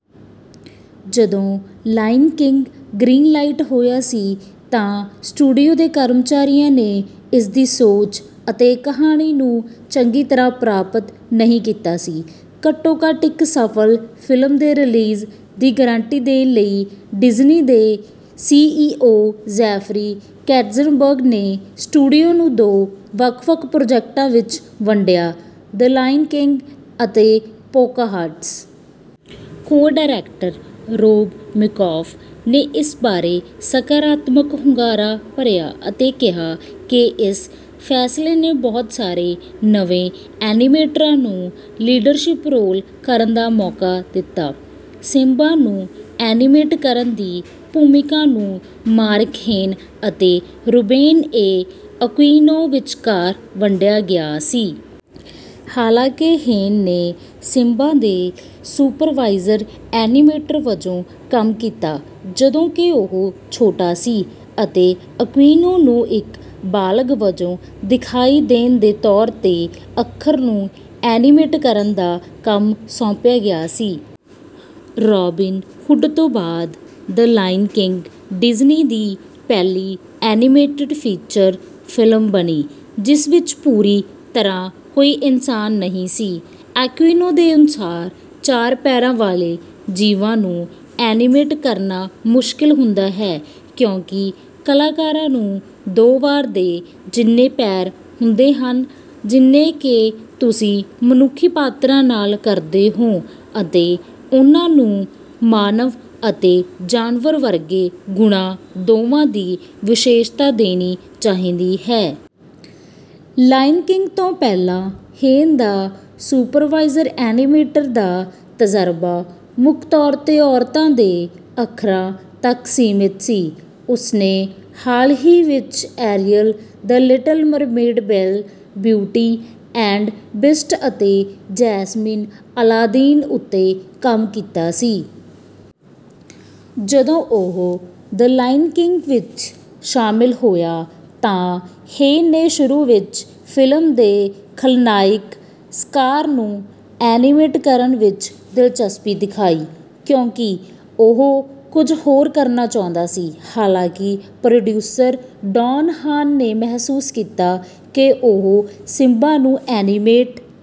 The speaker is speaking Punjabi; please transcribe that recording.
ਜਦੋਂ ਲਾਇਨ ਕਿੰਗ ਗ੍ਰੀਨ ਲਾਈਟ ਹੋਇਆ ਸੀ ਤਾਂ ਸਟੂਡੀਓ ਦੇ ਕਰਮਚਾਰੀਆਂ ਨੇ ਇਸ ਦੀ ਸੋਚ ਅਤੇ ਕਹਾਣੀ ਨੂੰ ਚੰਗੀ ਤਰ੍ਹਾਂ ਪ੍ਰਾਪਤ ਨਹੀਂ ਕੀਤਾ ਸੀ। ਘੱਟੋ ਘੱਟ ਇੱਕ ਸਫਲ ਫਿਲਮ ਦੇ ਰਿਲੀਜ਼ ਦੀ ਗਾਰੰਟੀ ਦੇਣ ਲਈ ਡਿਜ਼ਨੀ ਦੇ ਸੀਈਓ ਜੈਫਰੀ ਕੈਟਜ਼ਨਬਰਗ ਨੇ ਸਟੂਡੀਓ ਨੂੰ ਦੋ ਵੱਖ ਵੱਖ ਪ੍ਰੋਜੈਕਟਾਂ ਵਿੱਚ ਵੰਡਿਆ ਦ ਲਾਇਨ ਕਿੰਗ ਅਤੇ Pocahontas. Co director Rob Minkoff ਨੇ ਇਸ ਬਾਰੇ ਸਕਾਰਾਤਮਕ ਹੁੰਗਾਰਾ ਭਰਿਆ ਅਤੇ ਕਿਹਾ ਕਿ ਇਸ ਫੈਸਲੇ ਨੇ ਬਹੁਤ ਸਾਰੇ ਨਵੇਂ ਐਨੀਮੇਟਰਾਂ ਨੂੰ ਲੀਡਰਸ਼ਿਪ ਰੋਲ ਕਰਨ ਦਾ ਮੌਕਾ ਦਿੱਤਾ। ਸਿਮਬਾ ਨੂੰ ਐਨੀਮੇਟ ਕਰਨ ਦੀ ਭੂਮਿਕਾ ਨੂੰ ਮਾਰਕ ਹੇਨ ਅਤੇ ਰੂਬੇਨ ਏ ਅਕੁਇਨੋ ਵਿਚਕਾਰ ਵੰਡਿਆ ਗਿਆ ਸੀ। ਹਾਲਾਂਕਿ ਹੇਨ ਨੇ ਸਿਮਬਾ ਦੇ ਸੁਪਰਵਾਈਜ਼ਰ ਐਨੀਮੇਟਰ ਵਜੋਂ ਕੰਮ ਕੀਤਾ ਜਦੋਂ ਕਿ ਉਹ ਛੋਟਾ ਸੀ ਅਤੇ ਅਕੁਇਨੋ ਨੂੰ ਇੱਕ ਬਾਲਗ ਵਜੋਂ ਦਿਖਾਈ ਦੇਣ ਦੇ ਤੌਰ ਤੇ ਅੱਖਰ ਨੂੰ ਐਨੀਮੇਟ ਕਰਨ ਦਾ ਕੰਮ ਸੌਂਪਿਆ ਗਿਆ ਸੀ। ਰੌਬਿਨ ਹੁੱਡ ਤੋਂ ਬਾਅਦ ਦ ਲਾਇਨ ਕਿੰਗ ਡਿਜ਼ਨੀ ਦੀ ਪਹਿਲੀ ਐਨੀਮੇਟਡ ਫੀਚਰ ਫਿਲਮ ਬਣੀ ਜਿਸ ਵਿੱਚ ਪੂਰੀ ਤਰ੍ਹਾਂ ਕੋਈ ਇਨਸਾਨ ਨਹੀਂ ਸੀ। ਅਕੁਇਨੋ ਦੇ ਅਨੁਸਾਰ ਚਾਰ ਪੈਰਾਂ ਵਾਲੇ ਜੀਵਾਂ ਨੂੰ ਐਨੀਮੇਟ ਕਰਨਾ ਮੁਸ਼ਕਿਲ ਹੁੰਦਾ ਹੈ ਕਿਉਂਕਿ ਕਲਾਕਾਰਾਂ ਨੂੰ ਦੋ ਵਾਰ ਦੇ ਜਿੰਨੇ ਪੈਰ ਹੁੰਦੇ ਹਨ ਜਿੰਨੇ ਕਿ ਤੁਸੀਂ ਮਨੁੱਖੀ ਪਾਤਰਾਂ ਨਾਲ ਕਰਦੇ ਹੋ ਅਤੇ ਉਹਨਾਂ ਨੂੰ ਮਾਨਵ ਅਤੇ ਜਾਨਵਰ ਵਰਗੇ ਗੁਣਾਂ ਦੋਵਾਂ ਦੀ ਵਿਸ਼ੇਸ਼ਤਾ ਦੇਣੀ ਚਾਹੀਦੀ ਹੈ। ਲਾਇਨ ਕਿੰਗ ਤੋਂ ਪਹਿਲਾਂ ਹੇਨ ਦਾ ਸੁਪਰਵਾਈਜ਼ਰ ਐਨੀਮੇਟਰ ਦਾ ਤਜਰਬਾ ਮੁੱਖ ਤੌਰ ਤੇ ਔਰਤਾਂ ਦੇ ਅੱਖਰਾਂ ਤੱਕ ਸੀਮਿਤ ਸੀ। ਉਸ ਨੇ ਹਾਲ ਹੀ ਵਿੱਚ Ariel the Little Mermaid Belle Beauty and Beast ਅਤੇ ਜੈਸਮੀਨ ਅਲਾਦੀਨ ਉੱਤੇ ਕੰਮ ਕੀਤਾ ਸੀ। ਜਦੋਂ ਉਹ ਦ ਲਾਇਨ ਕਿੰਗ ਵਿੱਚ ਸ਼ਾਮਲ ਹੋਇਆ ਤਾਂ ਹੇਨ ਨੇ ਸ਼ੁਰੂ ਵਿੱਚ ਫਿਲਮ ਦੇ ਖਲਨਾਇਕ ਸਕਾਰ ਨੂੰ ਐਨੀਮੇਟ ਕਰਨ ਵਿੱਚ ਦਿਲਚਸਪੀ ਦਿਖਾਈ ਕਿਉਂਕਿ ਉਹ ਕੁਝ ਹੋਰ ਕਰਨਾ ਚਾਹੁੰਦਾ ਸੀ। ਹਾਲਾਂਕਿ ਪ੍ਰੋਡਿਊਸਰ ਡੋਨ ਹਾਨ ਨੇ ਮਹਿਸੂਸ ਕੀਤਾ ਕਿ ਉਹ ਸਿਮਬਾ ਨੂੰ ਐਨੀਮੇਟ